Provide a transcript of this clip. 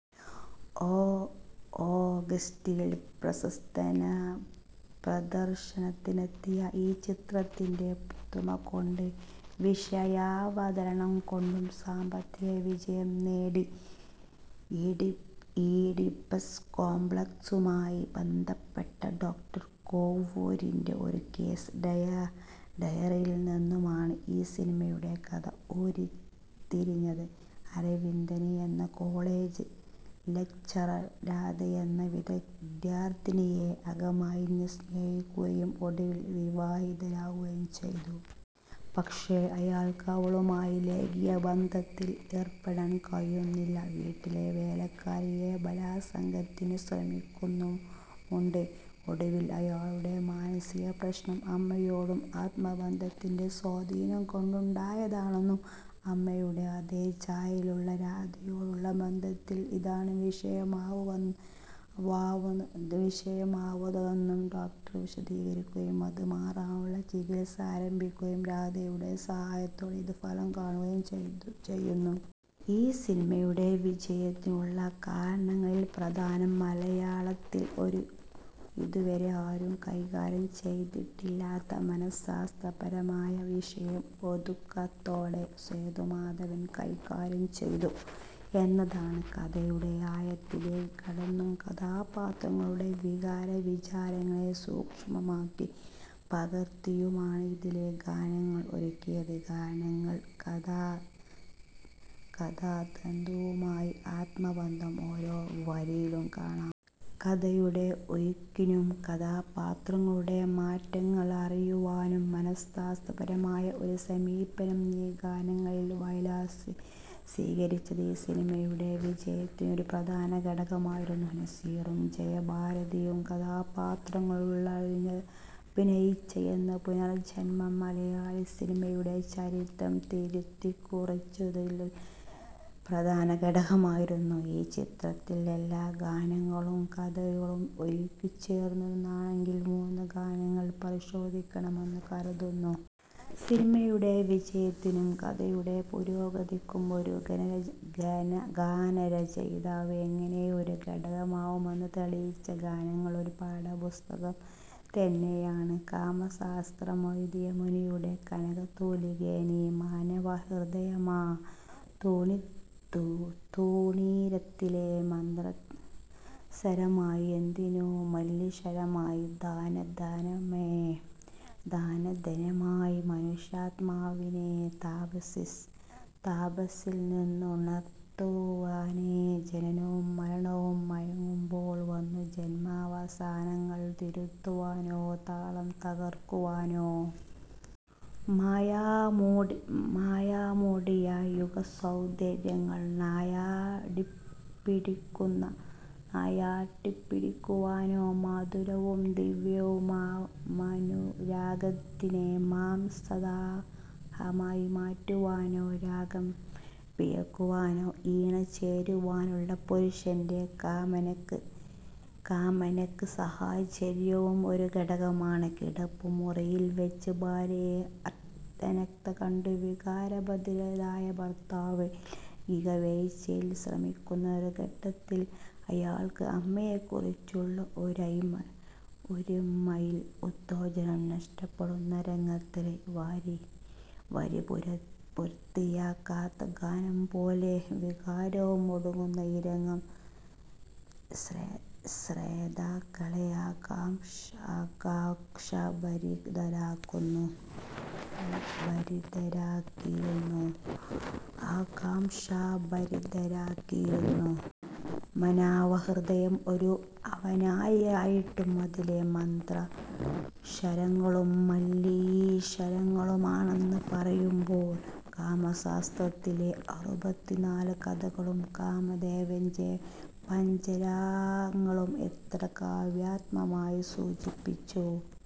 ഓഗസ്റ്റില് പ്രദര്ശനത്തിനെത്തിയ ഈ ചിത്രത്തിന്റെ പുതുമകൊണ്ടും വിഷയാവതരണം കൊണ്ടും സാമ്പത്തിക വിജയം നേടി. ഈഡിപ്പസ് കോംപ്ലക്സുമായി ബന്ധപ്പെട്ട, ഡോ. കോവൂരിന്റെ ഒരു കേസ് ഡയറിയില്നിന്നുമാണ് ഈ സിനിമയുടെ കഥ ഉരുത്തിരിഞ്ഞത്. അരവിന്ദന് എന്ന കോളജ് ലക്ചറര് രാധയെന്ന വിദ്യാര്ത്ഥിനിയെ അകമഴിഞ്ഞു സ്നേഹിക്കുകയും ഒടുവില് വിവാഹിതരാവുകയും ചെയ്തു. പക്ഷേ, അയാള്ക്ക് അവളുമായി ലൈംഗികബന്ധത്തില് ഏര്പ്പെടാന് കഴിയുന്നില്ല. വീട്ടിലെ വേലക്കാരിയെ ബലാല്സംഗത്തിനു ശ്രമിക്കുന്നുമുണ്ട്. ഒടുവില് അയാളുടെ മാനസിക പ്രശ്നം അമ്മയോടും ആത്മബന്ധത്തിന്റെ സ്വാധീനംകൊണ്ടുണ്ടായതാണെന്നും അമ്മയുടെ അതേ ഛായയിലുള്ള രാധയോടുള്ള ബന്ധത്തില് ഇതാണ് വിഷയമാവുതെന്നു ഡോക്ടര് വിശദീകരിക്കുകയും അത് മാറാനുള്ള ചികിത്സ ആരംഭിക്കുകയും രാധയുടെ സഹായത്തോടെ ഇത് ഫലം കാണുകയും ചെയ്യുന്നു. ഈ സിനിമയുടെ വിജയത്തിനുള്ള കാരണങ്ങളില് പ്രധാനം മലയാളത്തില് ഇതുവരെ ആരും കൈകാര്യം ചെയ്തിട്ടില്ലാത്ത മനഃശാസ്ത്രപരമായ വിഷയം ഒതുക്കത്തോടെ സേതുമാധവന് കൈകാര്യം ചെയ്തു എന്നതാണ്. കഥയുടെ ആഴത്തിലേക്കു കടന്നും കഥാപാത്രങ്ങളുടെ വികാരവിചാരങ്ങളെ സൂക്ഷ്മമാക്കി പകര്ത്തിയുമാണ് ഇതിലെ ഗാനങ്ങള് ഒരുക്കിയത്. ഗാനങ്ങള്ക്ക് കഥാതന്തുവുമായി ആത്മബന്ധം ഓരോ വരിയിലും കാണാം. കഥയുടെ ഒഴുക്കിനും കഥാപാത്രങ്ങളുടെ മാറ്റങ്ങളറിയുവാനും മനഃശാസ്ത്രപരമായ ഒരു സമീപനം ഈ ഗാനങ്ങളില് വയലാര് സ്വീകരിച്ചത് ഈ സിനിമയുടെ വിജയത്തിന് ഒരു പ്രധാനഘടകമായിരുന്നു. നസീറും ജയഭാരതിയും കഥാപാത്രങ്ങളുടെ ഞ്ഞഭിനയിച്ചു എന്നതും പുനര്ജ്ജന്മം മലയാളസിനിമയുടെ ചരിത്രം തിരുത്തിക്കുറിച്ചതില് പ്രധാനഘടകമായിരുന്നു. ഈ ചിത്രത്തിൽ എല്ലാ ഗാനങ്ങളും കഥകളും ഇഴുകിച്ചേര്ന്നതാണെങ്കിലും മൂന്നു ഗാനങ്ങള് പരിശോധിക്കാമെന്ന് കരുതുന്നു. സിനിമയുടെ വിജയത്തിനും കഥയുടെ പുരോഗതിക്കും ഒരു ഗാനരചയിതാവ് എങ്ങനെയൊരു ഘടകമാവുമെന്ന് തെളിയിച്ച ഗാനങ്ങള് ഒരു പാഠപുസ്തകം തന്നെയാണ്. കാമശാസ്ത്രമെഴുതിയ മുനിയുടെ കനക തൂലികേ നീ മാനവഹൃദയമാം തൂണീരത്തിലെ മന്ത്രശരമായി എന്തിനു മല്ലീശരമായി. ധ്യാനധന്യമാം മനുഷ്യാത്മാവിനെ തപസ്സില് നിന്നുണര്ത്തുവാനോ ജനനവും മരണവും മയങ്ങുമ്പോള് വന്നു ജന്മവാസനകള് തിരുത്തുവാനോ താളം തകര്ക്കുവാനോ. മായമൂടിയ യുഗസൗന്ദര്യങ്ങള് നായാടിപ്പിടിക്കുവാനോ മധുരവും ദിവ്യവുമാമനുരാഗത്തിനെ മാംസദാഹമായ് മാറ്റുവാനോ രാഗം പിഴയ്ക്കുവാനോ ഇണ ചേരുവാനുള്ള പുരുഷന്റെ കാമനയ്ക്ക് സാഹാചര്യവും ഒരു ഘടകമാണ്. കിടപ്പുമുറിയില് വച്ച് ഭാര്യയെ അര്ദ്ധനഗ്ന കണ്ടു വികാരഭരിതനായ ഭര്ത്താവ് കവേഴ്ചയ്ക്ക് ശ്രമിക്കുന്ന ഒരു ഘട്ടത്തില് അയാള്ക്ക് അമ്മയെക്കുറിച്ചുള്ള ഓര്മയില് ഉത്തേജനം നഷ്ടപ്പെടുന്ന രംഗത്തില്, വരി പൂര്ത്തിയാകാത്ത ഗാനം പോലെ വികാരവും ഒടുങ്ങുന്ന ഈ രംഗം ശ്രോതാക്കളെ ആംകാംക്ഷാഭരിതരാക്കിയിരുന്നു. മാനാവഹൃദയം ഒരു ആവനാഴിയായിട്ടും അതിലെ മന്ത്രശരങ്ങളും മല്ലീശരങ്ങളുമാണെന്ന് പറയുമ്പോള് കാമശാസ്ത്രത്തിലെ അറുപത്തിനാല് കഥകളും കാമദേവന്റെ പഞ്ചരങ്ങളും എത്ര കാവ്യാത്മകമായി സൂചിപ്പിച്ചു